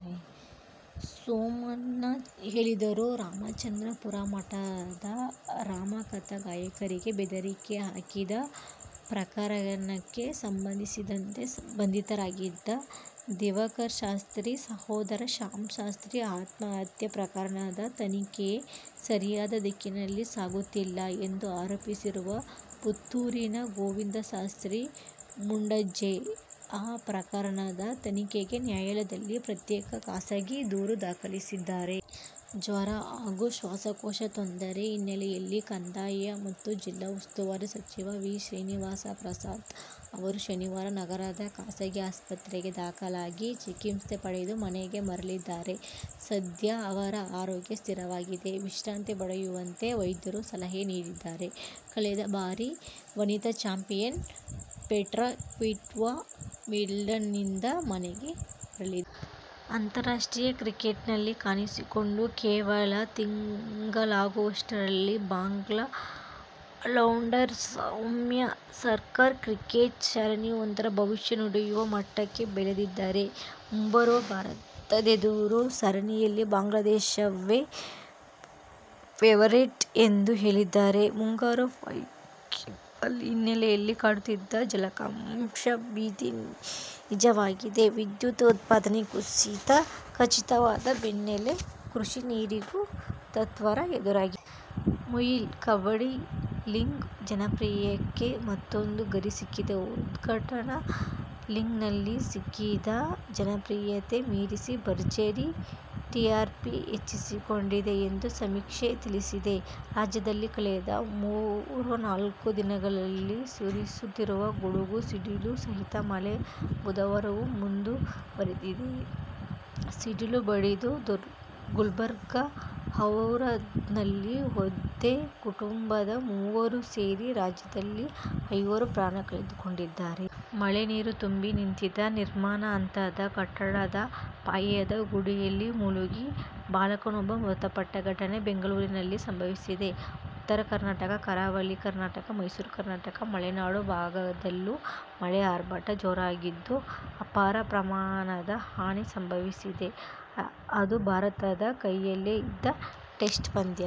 ಸೋಮಣ್ಣ ಹೇಳಿದರು. ರಾಮಚಂದ್ರಾಪುರ ಮಠದ ರಾಮಕಥಾ ಗಾಯಕರಿಗೆ ಬೆದರಿಕೆ ಹಾಕಿದ ಪ್ರಕರಣಕ್ಕೆ ಸಂಬಂಧಿಸಿದಂತೆ ಬಂಧಿತರಾಗಿದ್ದ ದಿವಾಕರಶಾಸ್ತ್ರಿ ಸಹೋದರ ಶಾಮಶಾಸ್ತ್ರಿ ಆತ್ಮಹತ್ಯೆ ಪ್ರಕರಣದ ತನಿಖೆ ಸರಿಯಾದ ದಿಕ್ಕಿನಲ್ಲಿ ಸಾಗುತ್ತಿಲ್ಲ ಎಂದು ಆರೋಪಿಸಿರುವ ಪುತ್ತೂರಿನ ಗೋವಿಂದಶಾಸ್ತ್ರಿ ಮುಂಡಾಜೆ, ಆ ಪ್ರಕರಣದ ತನಿಖೆಗೆ ನ್ಯಾಯಾಲಯದಲ್ಲಿ ಪ್ರತ್ಯೇಕ ಖಾಸಗಿ ದೂರು ದಾಖಲಿಸಿದ್ದಾರೆ. ಜ್ವರ ಹಾಗೂ ಶ್ವಾಸಕೋಶದ ತೊಂದರೆ ಹಿನ್ನೆಲೆಯಲ್ಲಿ ಕಂದಾಯ ಮತ್ತು ಜಿಲ್ಲಾ ಉಸ್ತುವಾರಿ ಸಚಿವ ವಿ. ಶ್ರೀನಿವಾಸ ಪ್ರಸಾದ್ ಅವರು ಶನಿವಾರ ನಗರದ ಖಾಸಗಿ ಆಸ್ಪತ್ರೆಗೆ ದಾಖಲಾಗಿ, ಚಿಕಿತ್ಸೆ ಪಡೆದು ಮನೆಗೆ ಮರಳಿದ್ದಾರೆ. ಸದ್ಯ ಅವರ ಆರೋಗ್ಯ ಸ್ಥಿರವಾಗಿದೆ. ವಿಶ್ರಾಂತಿ ಪಡೆಯುವಂತೆ ವೈದ್ಯರು ಸಲಹೆ ನೀಡಿದ್ದಾರೆ. ಕಳೆದ ಬಾರಿಯ ವನಿತಾ ಚಾಂಪಿಯನ್ ಪೆಟ್ರಾ ಕ್ವಿಟೋವಾ ವಿಂಬಲ್ಡನ್ನಿಂದ ಮನೆಗೆ ಮರಳಿದ್ದಾರೆ. ಅಂತಾರಾಷ್ಟ್ರೀಯ ಕ್ರಿಕೆಟ್ನಲ್ಲಿ ಕಾಣಿಸಿಕೊಂಡು ಕೇವಲ ತಿಂಗಳಾಗುವಷ್ಟರಲ್ಲೇ ಬಾಂಗ್ಲಾ ಆಲ್ರೌಂಡರ್ ಸೌಮ್ಯ ಸರ್ಕಾರ್ ಕ್ರಿಕೆಟ್ ಸರಣಿಯೊಂದರ ಭವಿಷ್ಯ ನುಡಿಯುವ ಮಟ್ಟಕ್ಕೆ ಬೆಳೆದಿದ್ದಾರೆ. ಮುಂಬರುವ ಭಾರತದೆದುರಿನ ಸರಣಿಯಲ್ಲಿ ಬಾಂಗ್ಲಾದೇಶವೇ ಫೇವರಿಟ್ ಎಂದು ಹೇಳಿದ್ದಾರೆ. ಮುಂಗಾರು ವೈಫಲ್ಯ ಹಿನ್ನೆಲೆಯಲ್ಲಿ ಕಾಡುತ್ತಿದ್ದ ಜಲಕ್ಷಾಮದ ಭೀತಿ ನಿಜವಾಗಿದೆ. ವಿದ್ಯುತ್ ಉತ್ಪಾದನೆ ಕುಸಿತ ಖಚಿತವಾದ ಬೆನ್ನಲ್ಲೇ ಕೃಷಿ ನೀರಿಗೂ ತತ್ವಾರ ಎದುರಾಗಿದೆ. ಮೊಯ್ಲಿ ಕಬಡ್ಡಿ ಲೀಗ್ ಜನಪ್ರಿಯಕ್ಕೆ ಮತ್ತೂಂದು ಗರಿ ಸಿಕ್ಕಿದೆ. ಉದ್ಘಾಟನಾ ಲೀಗ್ನಲ್ಲಿ ಸಿಕ್ಕಿದ್ದ ಜನಪ್ರಿಯತೆ ಮೀರಿಸಿ ಭರ್ಜರಿ ಟಿಆರ್ಪಿ ಹೆಚ್ಚಿಸಿಕೊಂಡಿದೆ ಎಂದು ಸಮೀಕ್ಷೆ ತಿಳಿಸಿದೆ. ರಾಜ್ಯದಲ್ಲಿ ಕಳೆದ ಮೂರ್ನಾಲ್ಕು ದಿನಗಳಿಂದ ಸುರಿಯುತ್ತಿರುವ ಗುಡುಗು ಸಿಡಿಲು ಸಹಿತ ಮಳೆ ಬುಧವಾರವೂ ಮುಂದುವರೆದಿದೆ. ಸಿಡಿಲು ಬಡಿದು ಗುಲ್ಬರ್ಗದ ಔರಾದ್ನಲ್ಲಿ ಒಂದೇ ಕುಟುಂಬದ ಮೂವರು ಸೇರಿ ರಾಜ್ಯದಲ್ಲಿ ಐವರು ಪ್ರಾಣ ಕಳೆದುಕೊಂಡಿದ್ದಾರೆ. ಮಳೆ ನೀರು ತುಂಬಿ ನಿಂತಿದ್ದ ನಿರ್ಮಾಣ ಹಂತದ ಕಟ್ಟಡದ ಪಾಯದ ಗುಂಡಿಯಲ್ಲಿ ಮುಳುಗಿ ಬಾಲಕನೊಬ್ಬ ಮೃತಪಟ್ಟ ಘಟನೆ ಬೆಂಗಳೂರಿನಲ್ಲಿ ಸಂಭವಿಸಿದೆ. ಉತ್ತರ ಕರ್ನಾಟಕ, ಕರಾವಳಿ ಕರ್ನಾಟಕ, ಮೈಸೂರು ಕರ್ನಾಟಕ, ಮಲೆನಾಡು ಭಾಗದಲ್ಲೂ ಮಳೆ ಆರ್ಭಟ ಜೋರಾಗಿದ್ದು ಅಪಾರ ಪ್ರಮಾಣದ ಹಾನಿ ಸಂಭವಿಸಿದೆ. ಅದು ಭಾರತದ ಕೈಯಲ್ಲೇ ಇದ್ದ ಟೆಸ್ಟ್ ಪಂದ್ಯ.